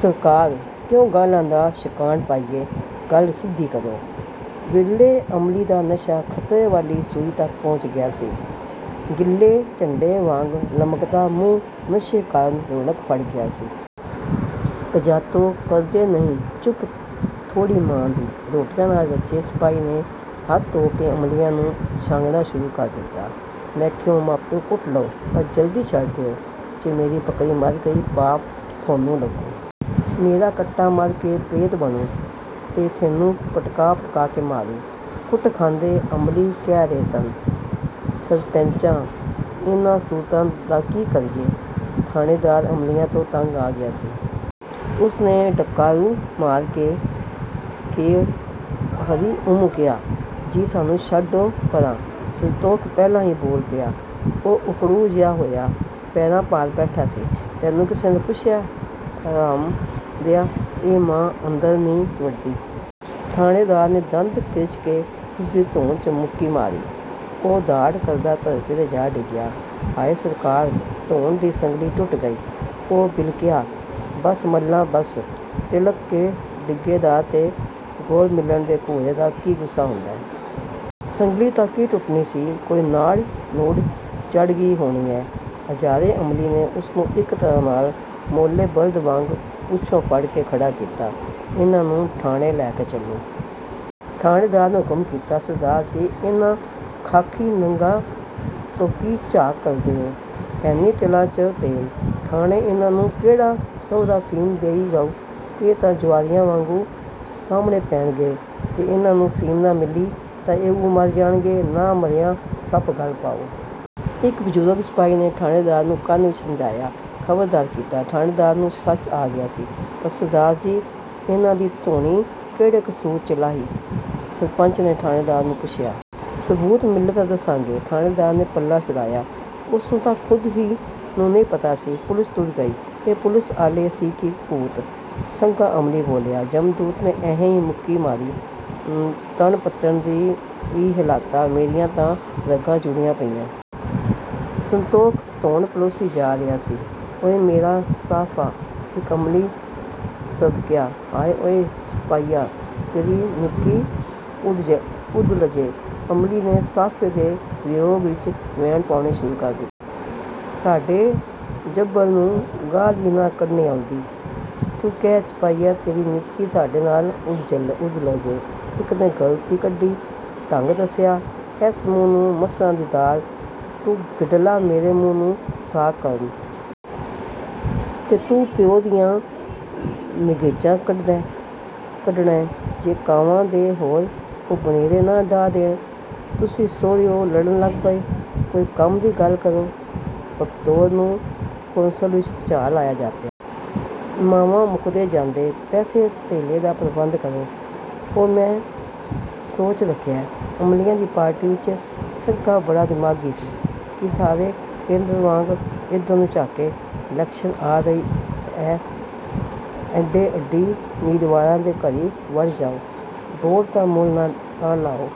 "ਸਰਕਾਰ – ਕਿਉਂ ਗਾਲ੍ਹਾਂ ਦਾ ਛਕਾਟ ਪਾਇਐ – ਗੱਲ ਸਿੱਧੀ ਕਰੋ! " ਵਿਰਲੇ ਅਮਲੀ ਦਾ ਨਸ਼ਾ ਖ਼ਤਰੇ ਵਾਲੀ ਸੂਈ ਤੱਕ ਪਹੁੰਚ ਗਿਆ ਸੀ। ਗਿੱਲੇ ਝੰਡੇ ਵਾਂਗ ਲਮਕਦਾ ਮੂੰਹ ਨਸ਼ੇ ਕਾਰਨ ਰੌਣਕ ਫੜ ਗਿਆ ਸੀ। "ਕਜਾਤੋ – ਕਰਦੇ ਨਹੀਂ ਚੁੱਪ ਥੋਡੀ ਮਾਂ ਦੀ। " ਰੋਟੀਆਂ ਨਾਲ ਰੱਜੇ ਸਿਪਾਹੀ ਨੇ ਹੱਥ ਧੋ ਕੇ ਅਮਲੀਆਂ ਨੂੰ 'ਛਾਂਗਣਾ' ਸ਼ੁਰੂ ਕਰ ਦਿੱਤਾ। "ਮੈ ਖਿਆ, ਮਾਪਿਓ ਕੁੱਟ ਲਓ – ਪਰ ਜਲਦੀ ਛੱਡ ਦਿਓ – ਜੇ ਮੇਰੀ ਬੱਕਰੀ ਮਰ ਗਈ – ਪਾਪ ਥੋਨੂੰ ਲੱਗੂ। " "ਮੇਰਾ ਕੱਟਾ ਮਰ ਕੇ ਪ੍ਰੇਤ ਬਣੂੰ ਤੇ ਥੋਨੂੰ ਪਟਕਾ ਪਟਕਾ ਕੇ ਮਾਰੂ। " ਕੁੱਟ ਖਾਂਦੇ ਅਮਲੀ ਕਹਿ ਰਹੇ ਸਨ। "ਸਰਪੈਂਚਾ! ਇਹਨਾਂ ਸੂਰਤਾਂ ਦਾ ਕੀ ਕਰੀਏ? " ਠਾਣੇਦਾਰ ਅਮਲੀਆਂ ਤੋਂ ਤੰਗ ਆ ਗਿਆ ਸੀ। ਉਸ ਨੇ ਡਕਾਰ੍ਹੀ ਮਾਰ ਕੇ ਕੇ 'ਹਰੀ-ਓਮ' ਕਿਹਾ। "ਜੀ ਸਾਨੂੰ ਛੱਡੋ ਪਰ੍ਹਾਂ-! " ਸੰਤੋਖ ਪਹਿਲਾਂ ਹੀ ਬੋਲ ਪਿਆ। ਉਹ ਓਕੜੂ ਜਿਹਾ ਹੋਇਆ, ਪੈਰਾਂ ਭਾਰ ਬੈਠਾ ਸੀ। "ਤੈਨੂੰ ਕਿਸੇ ਨੇ ਪੁੱਛਿਐ, ਹਰਾਮਦਿਆ! ਇਹ ਮਾਂ ਅੰਦਰ ਨੀ ਵੜਦੀ? " ਠਾਣੇਦਾਰ ਨੇ ਦੰਦ ਕਿਰਚ ਕੇ ਉਸ ਦੀ ਧੌਣ 'ਚ ਮੁੱਕੀ ਮਾਰੀ। ਉਹ 'ਦਾਅੜ' ਕਰਦਾ ਧਰਤੀ 'ਤੇ ਜਾ ਡਿੱਗਿਆ। "ਹਾਏ ਸਰਕਾਰ! ਧੌਣ ਦੀ ਸੰਗਲੀ ਟੁੱਟ ਗਈ। " ਉਹ ਬਿਲਕਿਆ। "ਬੱਸ ਮੱਲਾ ਬੱਸ! ਤਿਲ੍ਹਕ ਕੇ ਡਿੱਗੇ ਦਾ ਤੇ ਗੌਰਮਿਲਟ ਦੇ ਘੂਰੇ ਦਾ ਕੀ ਗੁੱਸਾ ਹੁੰਦੈ? ਸੰਗਲੀ ਤਾਂ ਕੀ ਟੁੱਟਣੀ ਸੀ – ਕੋਈ ਨਾੜ ਨੂੜ ਚੜ੍ਹਗੀ ਹੋਣੀ ਐਂ। " ਹਜ਼ਾਰੇ ਅਮਲੀ ਨੇ ਉਸ ਨੂੰ ਇੱਕ ਤਰ੍ਹਾਂ ਨਾਲ ਮੌਲੇ ਬਲਦ ਵਾਂਗ ਪੂਛੋਂ ਫੜ ਕੇ ਖੜ੍ਹਾ ਕੀਤਾ। "ਇਹਨਾਂ ਨੂੰ ਠਾਣੇ ਲੈ ਕੇ ਚੱਲੋ! " ਠਾਣੇਦਾਰ ਨੇ ਹੁਕਮ ਕੀਤਾ। "ਸਰਦਾਰ ਜੀ! ਇਹਨਾਂ ਖਾਖੀ ਨੰਗਾਂ ਤੋਂ ਕੀ ਝਾਕ ਕਰਦੇ ਓਂ? ਹੈਨੀ ਤਿਲਾਂ 'ਚ ਤੇਲ! ਠਾਣੇ ਇਹਨਾਂ ਨੂੰ ਕਿਹੜਾ ਸਹੁਰਾ ਫ਼ੀਮ ਦੇਈ ਜਾਊ? ਇਹ ਤਾਂ ਜੁਆਈਆਂ ਵਾਂਗੂੰ ਸਾਂਭਣੇਂ ਪੈਣਗੇ-ਜੇ ਇਹਨਾਂ ਨੂੰ ਫ਼ੀਮ ਨਾ ਮਿਲੀ-ਤਾਂ ਇਹ ਊਂ ਮਰ ਜਾਣਗੇ-ਨਾ ਮਰਿਆ ਸੱਪ ਗਲ ਪਾਓ! " ਇੱਕ ਬਜ਼ੁਰਗ ਸਿਪਾਹੀ ਨੇ ਠਾਣੇਦਾਰ ਨੂੰ ਕੰਨ ਵਿਚ ਸਮਝਾਇਆ। ਖ਼ਬਰਦਾਰ ਕੀਤਾ। ਠਾਣੇਦਾਰ ਨੂੰ ਸੱਚ ਆ ਗਿਆ ਸੀ। "ਪਰ ਸਰਦਾਰ ਜੀ! ਇਹਨਾਂ ਦੀ ਧੌੜੀ ਕਿਹੜੇ ਕਸੂਰ 'ਚ ਲਾਹੀ? " ਸਰਪੰਚ ਨੇ ਠਾਣੇਦਾਰ ਨੂੰ ਪੁੱਛਿਆ। "ਸਬੂਤ ਮਿਲੇ ਤਾਂ ਦੱਸਾਂਗੇ। " ਠਾਣੇਦਾਰ ਨੇ ਪੱਲਾ ਛੁਡਾਇਆ। ਉਸ ਨੂੰ ਤਾਂ ਖੁਦ ਨੂੰ ਨਹੀਂ ਪਤਾ ਸੀ! ਪੁਲਸ ਤੁਰ ਗਈ। "ਇਹ ਪੁਲਸ ਆਲੇ ਸੀ ਕਿ ਭੂਤ? " ਸੱਘਾ ਅਮਲੀ ਬੋਲਿਆ। "ਜਮਦੂਤ ਨੇ ਐਹੋ ਜੀ ਮੁੱਕੀ ਮਾਰੀ-ਤਣ ਪੱਤਣ ਈ ਹਿਲਾਤਾ-ਮੇਰੀਆਂ ਤਾਂ ਰਗਾਂ ਜੁੜੀਆਂ ਪਈਐਂ। " ਸੰਤੋਖ ਧੋਣ ਪਲੋਸੀ ਜਾ ਰਿਹਾ ਸੀ। "ਉਏ ਮੇਰਾ ਸਾਅਫ਼ਾ? " ਇੱਕ ਅਮਲੀ ਤ੍ਰਭਕਿਆ। "ਹਾਏ ਉਏ ਚਪਾਹੀਆ – ਤੇਰੀ ਨਿੱਕੀ ਉੱਧਲਜੇ। " ਅਮਲੀ ਨੇ ਸਾਫ਼ੇ ਦੇ ਵਿਯੋਗ ਵਿਚ ਵੈਣ ਪਾਉਣੇ ਸ਼ੁਰੂ ਕਰ ਦਿੱਤੇ। "ਸਾਡੇ ਜੱਭਲ ਨੂੰ ਗਾਲ੍ਹ ਵੀ ਨਾ ਕੱਢਣੀ ਆਉਂਦੀ! ਤੂੰ ਕਹਿ ਚਪਾਹੀਆ ਤੇਰੀ ਨਿੱਕੀ ਸਾਡੇ ਨਾਲ ਉੱਧਲਜੇ! " ਇੱਕ ਨੇ ਗਲਤੀ ਕੱਢੀ। ਢੰਗ ਦੱਸਿਆ। "ਐਸ ਮੂੰਹ ਨੂੰ ਮਸਰਾਂ ਦੀ ਦਾਲ? " "ਤੂੰ ਗਿੱਡਲਾ ਮੇਰੇ ਮੂੰਹ ਨੂੰ ਸਾਕ ਕਰਨੈਂ? " "ਤੇ ਤੂੰ ਪਿਉ ਦੀਆਂ ਨਿਘੈਚਾਂ ਕੱਢਦੈਂ? " "ਜੇ ਕਾਵਾਂ ਦੇ… ਹੋਣ ਉਹ ਬਨੇਰੇ ਨਾ ਢਾਹ ਦੇਣ? " "ਤੁਸੀਂ ਸਹੁਰਿਓ ਲੜਨ ਲੱਗ ਪਏ? ਕੋਈ ਕੰਮ ਦੀ ਗੱਲ ਕਰੋ! " ਬਖਤੌਰ ਨੂੰ ਕੌਂਸਲ ਵਿਚ ਭੂਚਾਲ ਆਇਆ ਜਾਪਿਆ। "ਮਾਵਾ ਮੁਕਦੈ ਜਾਂਦੈ – ਪੈਸੇ ਧੇਲੇ ਦਾ ਪ੍ਰਬੰਧ ਕਰੋ! " "ਉਹ ਮੈਂ ਸੋਚ ਰੱਖਿਐ। " ਅਮਲੀਆਂ ਦੀ ਪਾਰਟੀ ਵਿਚ ਸੱਘਾ ਬੜਾ ਦਿਮਾਗੀ ਸੀ। "ਕੀ..? " ਸਾਰੇ ਪੇਂਡੂ ਵਾਂਗ ਇੱਧਰ ਨੂੰ ਝਾਕੇ। "ਲੈਕਸ਼ਨ ਆ ਰਹੀ ਐ-ਅੱਡੋ ਅੱਡੀ ਮੀਦਵਾਰਾਂ ਦੇ ਘਰੀਂ ਵੜ ਜਾਓ-ਬੋਟ ਦਾ ਮੁੱਲ ਤਾਂ ਲਓ!